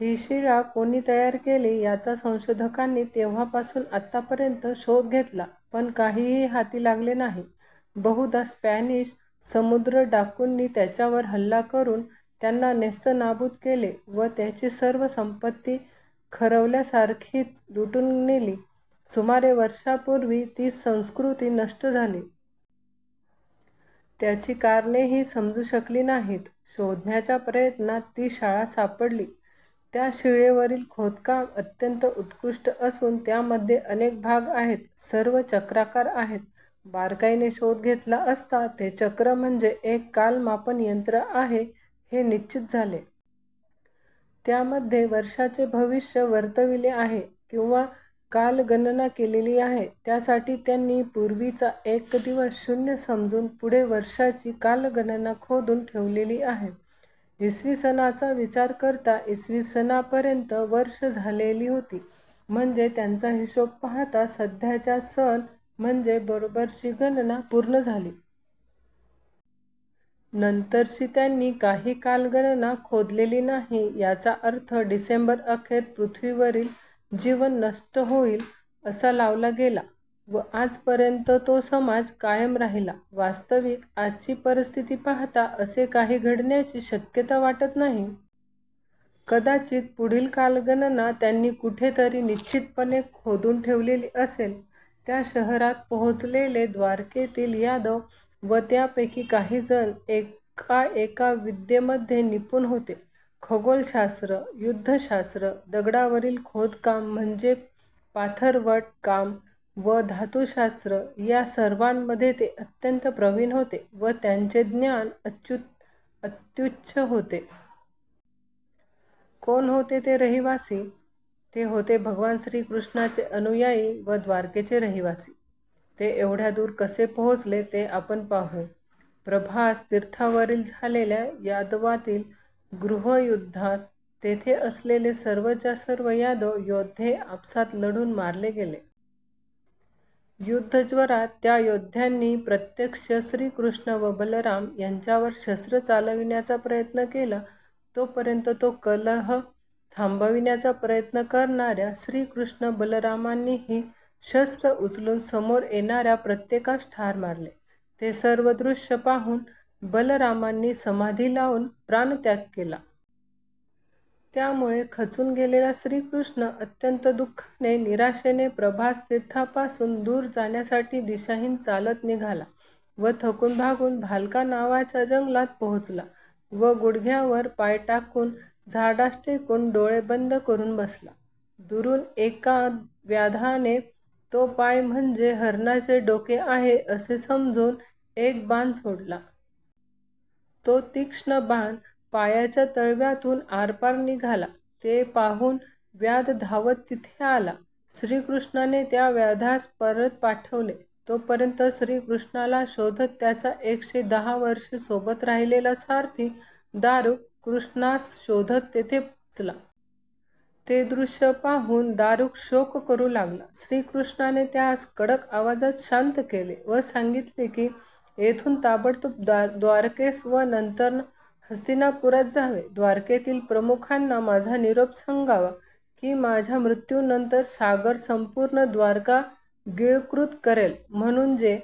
ही शिळा कोणी तयार केली याचा संशोधकांनी तेव्हापासून आत्तापर्यंत शोध घेतला पण काहीही हाती लागले नाही. बहुदा स्पॅनिश समुद्रडाकूंनी त्याच्यावर हल्ला करून त्यांना नेस्तनाबूत केले व त्याची सर्व संपत्ती खरवल्यासारखी लुटून नेली. सुमारे वर्षांपूर्वी ती संस्कृती नष्ट झाली. त्याची कारणेही समजू शकली नाहीत. शोधण्याच्या प्रयत्नात ती शाळा सापडली. त्या शिळेवरील खोदकाम अत्यंत उत्कृष्ट असून त्यामध्ये अनेक भाग आहेत. सर्व चक्राकार आहेत. बारकाईने शोध घेतला असता ते चक्र म्हणजे एक कालमापन यंत्र आहे हे निश्चित झाले. त्यामध्ये वर्षाचे भविष्य वर्तविले आहे किंवा कालगणना केलेली आहे. त्यासाठी त्यांनी पूर्वीचा एक दिवस शून्य समजून पुढे वर्षाची कालगणना खोदून ठेवलेली आहे. इसवीसनाचा विचार करता इसवीसनापर्यंत वर्ष झालेली होती. म्हणजे त्यांचा हिशोब पाहता सध्याचा सन म्हणजे बरोबरची गणना पूर्ण झाली. नंतरची त्यांनी काही कालगणना खोदलेली नाही याचा अर्थ डिसेंबर अखेर पृथ्वीवरील जीवन नष्ट होईल असा लावला गेला व आजपर्यंत तो समाज कायम राहिला. वास्तविक आजची परिस्थिती पाहता असे काही घडण्याची शक्यता वाटत नाही. कदाचित पुढील कालगणना त्यांनी कुठेतरी निश्चितपणे खोदून ठेवलेली असेल. त्या शहरात पोहोचलेले द्वारकेतील यादव व त्यापैकी काहीजण एका एका विद्येमध्ये निपुण होते. खगोलशास्त्र, युद्धशास्त्र, दगडावरील खोदकाम म्हणजे पाथरवट काम व धातुशास्त्र या सर्वांमध्ये ते अत्यंत प्रवीण होते व त्यांचे ज्ञान अत्युच्च होते. कोण होते ते रहिवासी? ते होते भगवान श्रीकृष्णाचे अनुयायी व द्वारकेचे रहिवासी! ते एवढ्या दूर कसे पोहोचले ते आपण पाहू. प्रभास तीर्थावरील झालेल्या यादवातील गृहयुद्धात तेथे असलेले सर्वच्या सर्व यादव योद्धे आपसात लढून मारले गेले. युद्धज्वरात त्या योद्ध्यांनी प्रत्यक्ष श्रीकृष्ण व बलराम यांच्यावर शस्त्र चालविण्याचा प्रयत्न केला तोपर्यंत तो कलह थांबविण्याचा प्रयत्न करणाऱ्या श्रीकृष्ण बलरामांनीही शस्त्र उचलून समोर येणाऱ्या प्रत्येकास ठार मारले. ते सर्व दृश्य पाहून बलरामांनी समाधी लावून प्राणत्याग केला. त्यामुळे खचून गेलेला श्रीकृष्ण अत्यंत दुःखाने, निराशेने प्रभास तीर्थापासून दूर जाण्यासाठी दिशाहीन चालत निघाला व थकून भागून भालका नावाच्या जंगलात पोहोचला व गुडघ्यावर पाय टाकून झाडास टेकून डोळे बंद करून बसला. दुरून एका व्याधाने तो पाय म्हणजे हरणाचे डोके आहे असे समजून एक बाण सोडला. तो तीक्ष्ण बाण पायाच्या तळव्यातून आरपार निघाला. ते पाहून व्याध धावत तिथे आला. श्रीकृष्णाने त्या व्याध्यास परत पाठवले. तोपर्यंत श्रीकृष्णाला शोधत त्याचा एकशे दहा वर्षे सोबत राहिलेला सारथी दारुक कृष्णास शोधत तेथे पोहोचला. ते दृश्य पाहून दारूक शोक करू लागला. श्रीकृष्णाने त्यास कडक आवाजात शांत केले व सांगितले की येथून ताबडतोब द्वारकेस व नंतर हस्तिनापुरास जावे. द्वारकेतील प्रमुखांना माझा निरोप सांगावा की माझ्या मृत्यूनंतर सागर संपूर्ण द्वारका गिळंकृत करेल. म्हणून जे